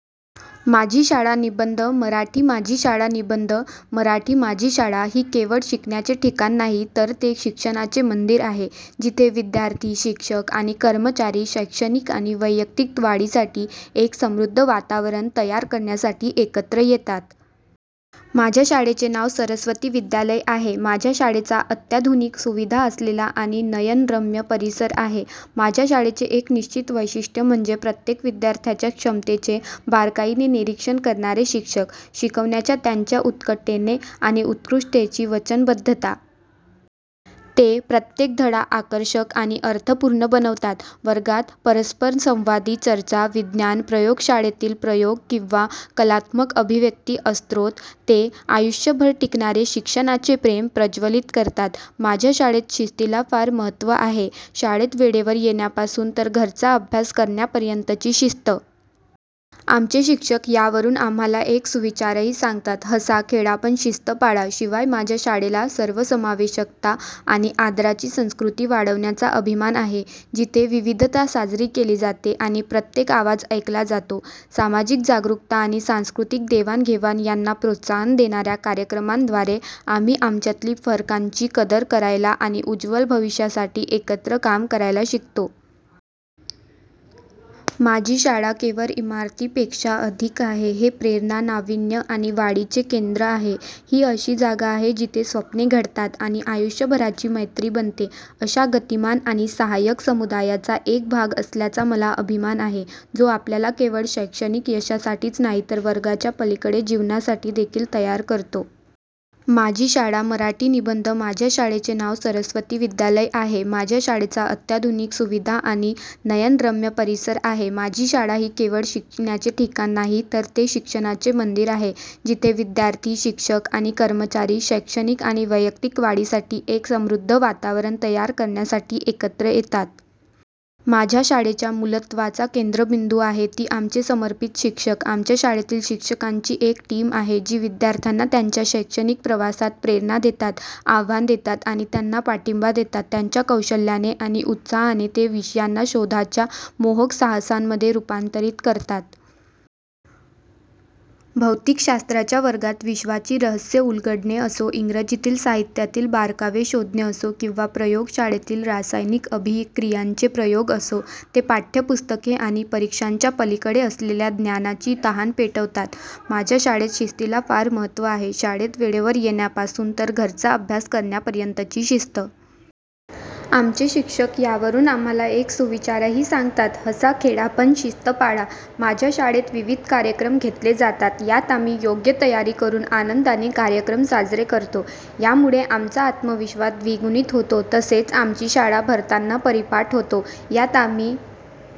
माझी शाळा निबंध मराठी माझी शाळा निबंध मराठी माझी शाळा ही केवळ शिकण्याचे ठिकाण नाही, तर ते शिक्षणाचे मंदिर आहे, जिथे विद्यार्थी, शिक्षक आणि कर्मचारी शैक्षणिक आणि वैयक्तिक वाढीसाठी एक समृद्ध वातावरण तयार करण्यासाठी एकत्र येतात. माझ्या शाळेचे नाव सरस्वती विद्यालय आहे, माझ्या शाळेचा अत्याधुनिक सुविधा असलेला आणि नयनरम्य परिसर आहे. माझ्या शाळेचे एक निश्चित वैशिष्ट्य म्हणजे प्रत्येक विद्यार्थ्याच्या क्षमतेचे बारकाईने निरीक्षण करणारे शिक्षक. शिकवण्याच्या त्यांच्या उत्कटतेने आणि उत्कृष्टतेची वचनबद्धता. ते प्रत्येक धडा आकर्षक आणि अर्थपूर्ण बनवतात. वर्गात परस्परसंवादी चर्चा, विज्ञान प्रयोगशाळेतील प्रयोग किंवा कलात्मक अभिव्यक्ती असोत, ते आयुष्यभर टिकणारे शिक्षणाचे प्रेम प्रज्वलित करतात. माझ्या शाळेत शिस्तीला फार महत्त्व आहे, शाळेत वेळेवर येण्यापासून तर घरचा अभ्यास करण्यापर्यंतची शिस्त. आमचे शिक्षक यावरून आम्हाला एक सुविचारही सांगतात, हसा खेळा पण शिस्त पाळा. शिवाय, माझ्या शाळेला सर्वसमावेशकता आणि आदराची संस्कृती वाढवण्याचा अभिमान आहे, जिथे विविधता साजरी केली जाते आणि प्रत्येक आवाज ऐकला जातो. सामाजिक जागरूकता आणि सांस्कृतिक देवाणघेवाण यांना प्रोत्साहन देणाऱ्या कार्यक्रमांद्वारे, आम्ही आमच्यातील फरकांची कदर करायला आणि उज्वल भविष्यासाठी एकत्र काम करायला शिकतो. माझी शाळा केवळ इमारतीपेक्षा अधिक आहे, हे प्रेरणा, नावीन्य आणि वाढीचे केंद्र आहे. ही अशी जागा आहे जिथे स्वप्ने घडतात आणि आयुष्यभराची मैत्री बनते. अशा गतिमान आणि सहाय्यक समुदायाचा एक भाग असल्याचा मला अभिमान आहे जो आपल्याला केवळ शैक्षणिक यशासाठीच नाही तर वर्गाच्या पलीकडे जीवनासाठी देखील तयार करतो. माझी शाळा मराठी निबंध माझ्या शाळेचे नाव सरस्वती विद्यालय आहे, माझ्या शाळेचा अत्याधुनिक सुविधा आणि नयनरम्य परिसर आहे. माझी शाळा ही केवळ शिकण्याचे ठिकाण नाही, तर ते शिक्षणाचे मंदिर आहे, जिथे विद्यार्थी, शिक्षक आणि कर्मचारी शैक्षणिक आणि वैयक्तिक वाढीसाठी एक समृद्ध वातावरण तयार करण्यासाठी एकत्र येतात. माझ्या शाळेच्या मूलतत्त्वाचा केंद्रबिंदू आहे ती आमचे समर्पित शिक्षक, आमच्या शाळेतील शिक्षकांची एक टीम आहे, जी विद्यार्थ्यांना त्यांच्या शैक्षणिक प्रवासात प्रेरणा देतात, आव्हान देतात आणि त्यांना पाठिंबा देतात. त्यांच्या कौशल्याने आणि उत्साहाने ते विषयांना शोधाच्या मोहक साहसांमध्ये रूपांतरित करतात. भौतिकशास्त्राच्या वर्गात विश्वाची रहस्ये उलगडणे असो, इंग्रजीतील साहित्यातील बारकावे शोधणे असो किंवा प्रयोगशाळेतील रासायनिक अभिक्रियांचे प्रयोग असो, ते पाठ्यपुस्तके आणि परीक्षांच्या पलीकडे असलेल्या ज्ञानाची तहान पेटवतात. माझ्या शाळेत शिस्तीला फार महत्त्व आहे, शाळेत वेळेवर येण्यापासून तर घरचा अभ्यास करण्यापर्यंतची शिस्त. आमचे शिक्षक यावरून आम्हाला एक सुविचारही सांगतात, हसा खेळा पण शिस्त पाळा. माझ्या शाळेत विविध कार्यक्रम घेतले जातात, यात आम्ही योग्य तयारी करून आनंदाने कार्यक्रम साजरे करतो, यामुळे आमचा आत्मविश्वास द्विगुणित होतो. तसेच आमची शाळा भरतांना परिपाठ होतो, यात आम्ही